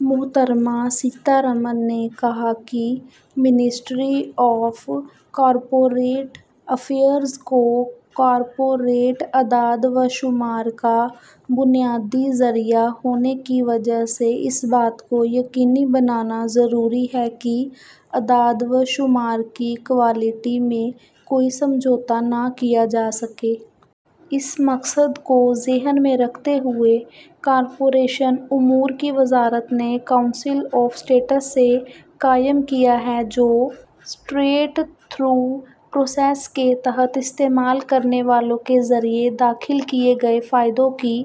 محترمہ سیتا رمن نے کہا کہ منسٹری آف کارپوریٹ افیئرز کو کارپوریٹ اعداد و شمار کا بنیادی ذریعہ ہونے کی وجہ سے اس بات کو یقینی بنانا ضروری ہے کہ اعداد و شمار کی کوالٹی میں کوئی سمجھوتہ نہ کیا جا سکے۔ اس مقصد کو ذہن میں رکھتے ہوئے کارپوریٹ امور کی وزارت نے سی ایس سی قائم کیا ہے جو اسٹریٹ تھرو پروسیس کے تحت استعمال کرنے والوں کے ذریعے داخل کردہ فائدوں کی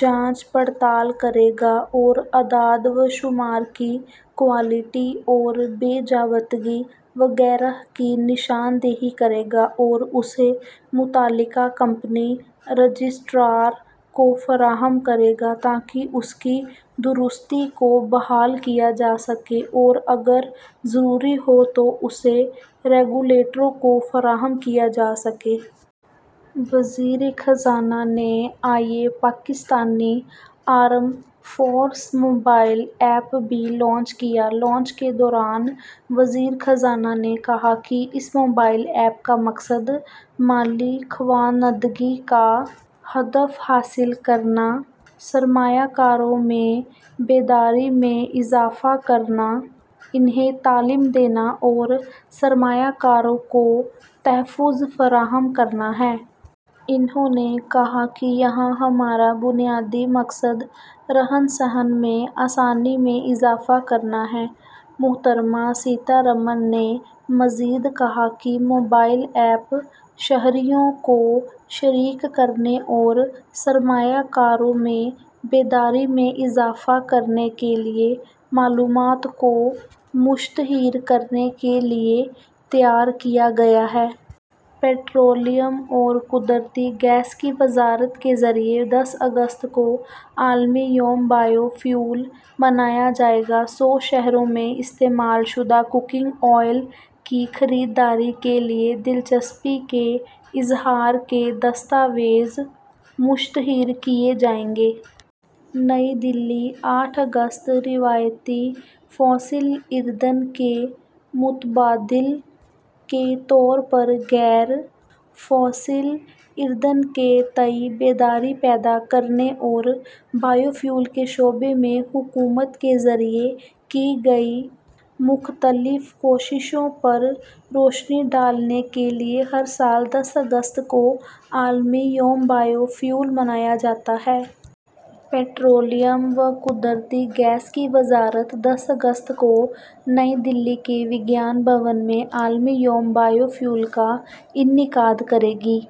جانچ پڑتال کرے گا اور اعداد و شمار کی کوالٹی اور بے ضابطگی وغیرہ کی نشاندہی کرے گا اور اسے متعلقہ کمپنی رجسٹرار کو فراہم کرے گا تاکہ اس کی درستگی کو بحال کیا جا سکے اور اگر ضروری ہو تو اسے ریگولیٹروں کو فراہم کیا جا سکے۔ وزیر خزانہ نے I E P F A mobile app بھی لانچ کیا۔ لانچ کے دوران وزیر خزانہ نے کہا کہ اس موبائل ایپ کا مقصد مالی خواندگی کا ہدف حاصل کرنا سرمایہ کاروں میں بیداری میں اضافہ کرنا انہیں تعلیم دینا اور سرمایہ کاروں کو تحفظ فراہم کرنا ہے۔ انہوں نے کہا کہ یہاں ہمارا بنیادی مقصد رہن سہن میں آسانی میں اضافہ کرنا ہے۔ محترمہ سیتا رمن نے مزید کہا کہ موبائل ایپ شہریوں کو شریک کرنے اور سرمایہ کاروں میں بیداری میں اضافہ کرنے کے لیے معلومات کو مشتہر کرنے کے لیے تیار کیا گیا ہے۔ پیٹرولیم اور قدرتی گیس کی وزارت کے ذریعے دس اگست کو عالمی یوم بائیو فیول منایا جائے گا۔ سو شہروں میں استعمال شدہ کوکنگ تیل کی خریداری کے لیے دلچسپی کے اظہار کے دستاویز مشتہر کیے جائیں گے۔ نئی دہلی آٹھ اگست روایتی فوسل ایندھن کے متبادل کے طور پر غیر فوسل ایندھن کے تئیں بیداری پیدا کرنے اور بائیو فیول کے شعبے میں حکومت کے ذریعے کی گئی مختلف کوششوں پر روشنی ڈالنے کے لیے ہر سال دس اگست کو عالمی یوم بائیو فیول منایا جاتا ہے۔ پیٹرولیم و قدرتی گیس کی وزارت دس اگست کو نئی دہلی کے وگیان بھون میں عالمی یوم بائیو فیول کا انعقاد کرے گی۔